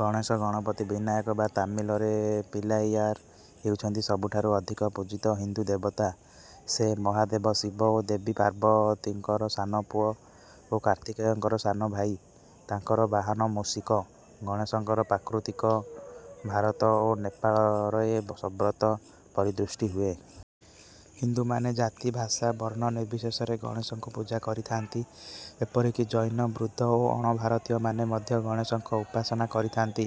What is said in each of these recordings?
ଗଣେଶ, ଗଣପତି, ବିନାୟକ ବା ତାମିଲରେ ପିଲ୍ଲାଇୟାର ହେଉଛନ୍ତି ସବୁଠାରୁ ଅଧିକ ପୂଜିତ ହିନ୍ଦୁ ଦେବତା। ସେ ମହାଦେବ ଶିବ ଓ ଦେବୀ ପାର୍ବତୀଙ୍କର ସାନ ପୁଅ ଓ କାର୍ତ୍ତିକେୟଙ୍କର ସାନ ଭାଇ। ତାଙ୍କର ବାହନ ମୂଷିକ। ଗଣେଶଙ୍କର ପ୍ରତିକୃତି ଭାରତ ଓ ନେପାଳରେ ସର୍ବତ୍ର ପରିଦୃଷ୍ଟ ହୁଏ। ହିନ୍ଦୁମାନେ ଜାତି, ଭାଷା, ବର୍ଣ୍ଣ ନିର୍ବିଶେଷରେ ଗଣେଶଙ୍କୁ ପୂଜା କରିଥାନ୍ତି। ଏପରିକି ଜୈନ, ବୁଦ୍ଧ ଓ ଅଣଭାରତୀୟମାନେ ମଧ୍ୟ ଗଣେଶଙ୍କ ଉପାସନା କରିଥାନ୍ତି।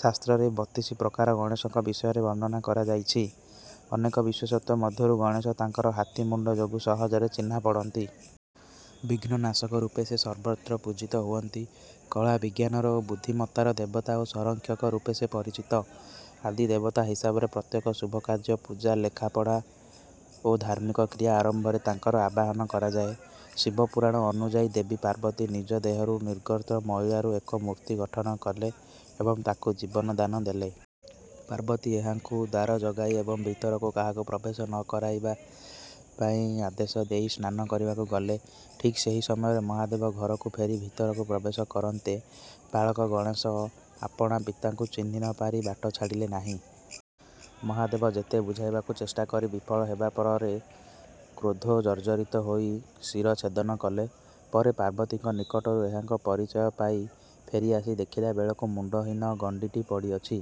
ଶାସ୍ତ୍ରରେ ବତିଶି ପ୍ରକାର ଗଣେଶଙ୍କ ବିଷୟରେ ବର୍ଣ୍ଣନା କରାଯାଇଛି। ଅନେକ ବିଶେଷତ୍ୱ ମଧ୍ୟରୁ ଗଣେଶ ତାଙ୍କର ହାତୀ ମୁଣ୍ଡ ଯୋଗୁ ସହଜରେ ଚିହ୍ନା ପଡ଼ନ୍ତି। ବିଘ୍ନ ନାଶକ ରୂପେ ସେ ସର୍ବତ୍ର ପୂଜିତ ହୁଅନ୍ତି। କଳା, ବିଜ୍ଞାନର ଓ ବୁଦ୍ଧିମତ୍ତାର ଦେବତା ଓ ସଂରକ୍ଷକ ରୂପେ ସେ ପରିଚିତ। ଆଦି ଦେବତା ହିସାବରେ ପ୍ରତ୍ୟେକ ଶୁଭ କାର୍ଯ୍ୟ, ପୂଜା, ଲେଖାପଢ଼ା ଓ ଧାର୍ମିକ କ୍ରିୟା ଆରମ୍ଭରେ ତାଙ୍କର ଆବାହନ କରାଯାଏ। ଶିବ ପୁରାଣ ଅନୁଯାୟୀ ଦେବୀ ପାର୍ବତୀ ନିଜଦେହରୁ ନିର୍ଗତ ମଇଳାରୁ ଏକ ମୂର୍ତ୍ତି ଗଠନ କଲେ ଏବଂ ତାକୁ ଜୀବନ ଦାନ ଦେଲେ। ପାର୍ବତୀ ଏହାଙ୍କୁ ଦ୍ୱାର ଜଗାଇ ଏବଂ ଭିତରକୁ କାହାକୁ ପ୍ରବେଶ ନ କରେଇବା ପାଇଁ ଆଦେଶ ଦେଇ ସ୍ନାନ କରିବାକୁ ଗଲେ। ଠିକ୍ ସେହି ସମୟରେ ମହାଦେବ ଘରକୁ ଫେରି ଭିତରକୁ ପ୍ରବେଶ କରନ୍ତେ, ବାଳକ ଗଣେଶ ଆପଣା ପିତାଙ୍କୁ ଚିହ୍ନି ନ ପାରି ବାଟ ଛାଡ଼ିଲେ ନାହିଁ। ମହାଦେବ ଯେତେ ବୁଝାଇବାକୁ ଚେଷ୍ଟା କରି ବିଫଳ ହେବା ପରେ କ୍ରୋଧ ଜର୍ଜରିତ ହୋଇ ଶିର ଚ୍ଛେଦନ କଲେ। ପରେ ପାର୍ବତୀଙ୍କ ନିକଟରୁ ଏହାଙ୍କର ପରିଚୟ ପାଇ ଫେରି ଆସି ଦେଖିଲା ବେଳକୁ ମୁଣ୍ଡହୀନ ଗଣ୍ଡିଟି ପଡ଼ିଅଛି।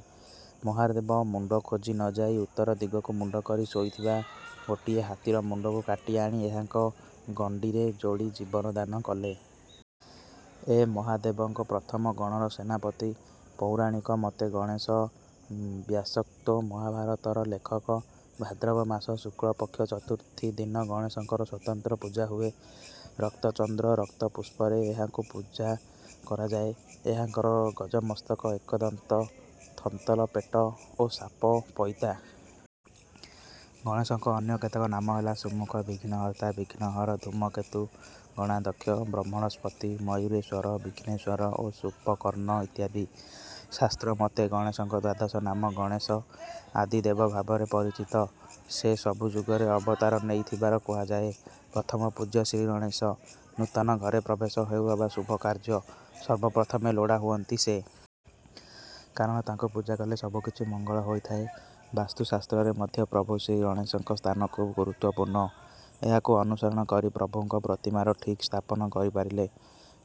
ମହାଦେବ ମୁଣ୍ଡ ଖୋଜି ନ ପାଇ ଉତ୍ତରଦିଗକୁ ମୁଣ୍ଡକରି ଶୋଇଥିବା ଗୋଟିଏ ହାତୀର ମୁଣ୍ଡକୁ କାଟି ଆଣି ଏହାଙ୍କ ଗଣ୍ଡିରେ ଯୋଡ଼ି ଜୀବନ ଦାନ କଲେ। ଏ ମହାଦେବଙ୍କ ପ୍ରମଥ ଗଣର ସେନାପତି। ପୌରାଣିକ ମତେ ଗଣେଶ ବ୍ୟାସୋକ୍ତ ମହାଭାରତର ଲେଖକ। ଭାଦ୍ରବ ମାସ ଶୁକ୍ଳ ପକ୍ଷ ଚତୁର୍ଥୀ ଦିନ ଗଣେଶଙ୍କର ସ୍ୱତନ୍ତ୍ର ପୂଜା ହୁଏ। ରକ୍ତ ଚନ୍ଦ୍ର, ରକ୍ତ ପୁଷ୍ପରେ ଏହାଙ୍କୁ ପୂଜା କରାଯାଏ। ଏହାଙ୍କର ଗଜମସ୍ତକ, ଏକଦନ୍ତ, ଥନ୍ତଲ ପେଟ ଓ ସାପ ପଇତା। ଗଣେଶଙ୍କ ଅନ୍ୟ କେତେକ ନାମ ହେଲା: ସୁମୂଖ, ବିଘ୍ନହର୍ତ୍ତା, ବିଘ୍ନହର, ଧୂମ୍ରକେତୁ, ଗଣାଧ୍ୟକ୍ଷ, ବ୍ରହ୍ମଣସ୍ପତୀ, ମୟୂରେଶ୍ୱର, ବିଘ୍ନେଶ୍ୱର ଓ ଶୂର୍ପକର୍ଣ୍ଣ ଇତ୍ୟାଦି। ଶାସ୍ତ୍ର ମତେ ଗଣେଶଙ୍କ ଦ୍ୱାଦଶନାମ: ଗଣେଶ ଆଦିଦେବ ଭାବରେ ପରିଚିତ। ସେ ସବୁଯୁଗରେ ଅବତାର ନେଇଥିବାର କୁହାଯାଏ। ପ୍ରଥମ ପୂଜ୍ୟ ଶ୍ରୀଗଣେଶ। ନୂତନ ଘରେ ପ୍ରବେଶ ହେଉ ଅବା ଶୁଭ କାର୍ଯ୍ୟ, ସର୍ବ ପ୍ରଥମେ ଲୋଡ଼ା ହୁଅନ୍ତି ସେ। କାରଣ ତାଙ୍କୁ ପୂଜା କଲେ ସବୁକିଛି ମଙ୍ଗଳ ହୋଇଥାଏ। ବାସ୍ତୁଶାସ୍ତ୍ରରେ ମଧ୍ୟ ପ୍ରଭୁ ଶ୍ରୀଗଣେଶଙ୍କ ସ୍ଥାନ ଖୁବ ଗୁରୁତ୍ୱପୂର୍ଣ୍ଣ। ଏହାକୁ ଅନୁସରଣ କରି ପ୍ରଭୁଙ୍କ ପ୍ରତିମାର ଠିକ୍ ସ୍ଥାପନ କରି ପାରିଲେ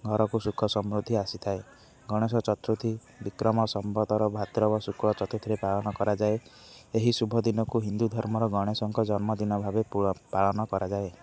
ଘରକୁ ସୁଖସମୃଦ୍ଧି ଆସିଥାଏ। ଗଣେଶ ଚତୁର୍ଥୀ, ବିକ୍ରମ ସଂବତର ଭାଦ୍ରବ ଶୁକ୍ଳ ଚତୁର୍ଥୀରେ ପାଳନ କରାଯାଏ। ଏହି ଶୁଭଦିନକୁ ହିନ୍ଦୁଧର୍ମରେ ଗଣେଶଙ୍କ ଜନ୍ମ ଦିନ ଭାବେ ପାଳନ କରାଯାଏ।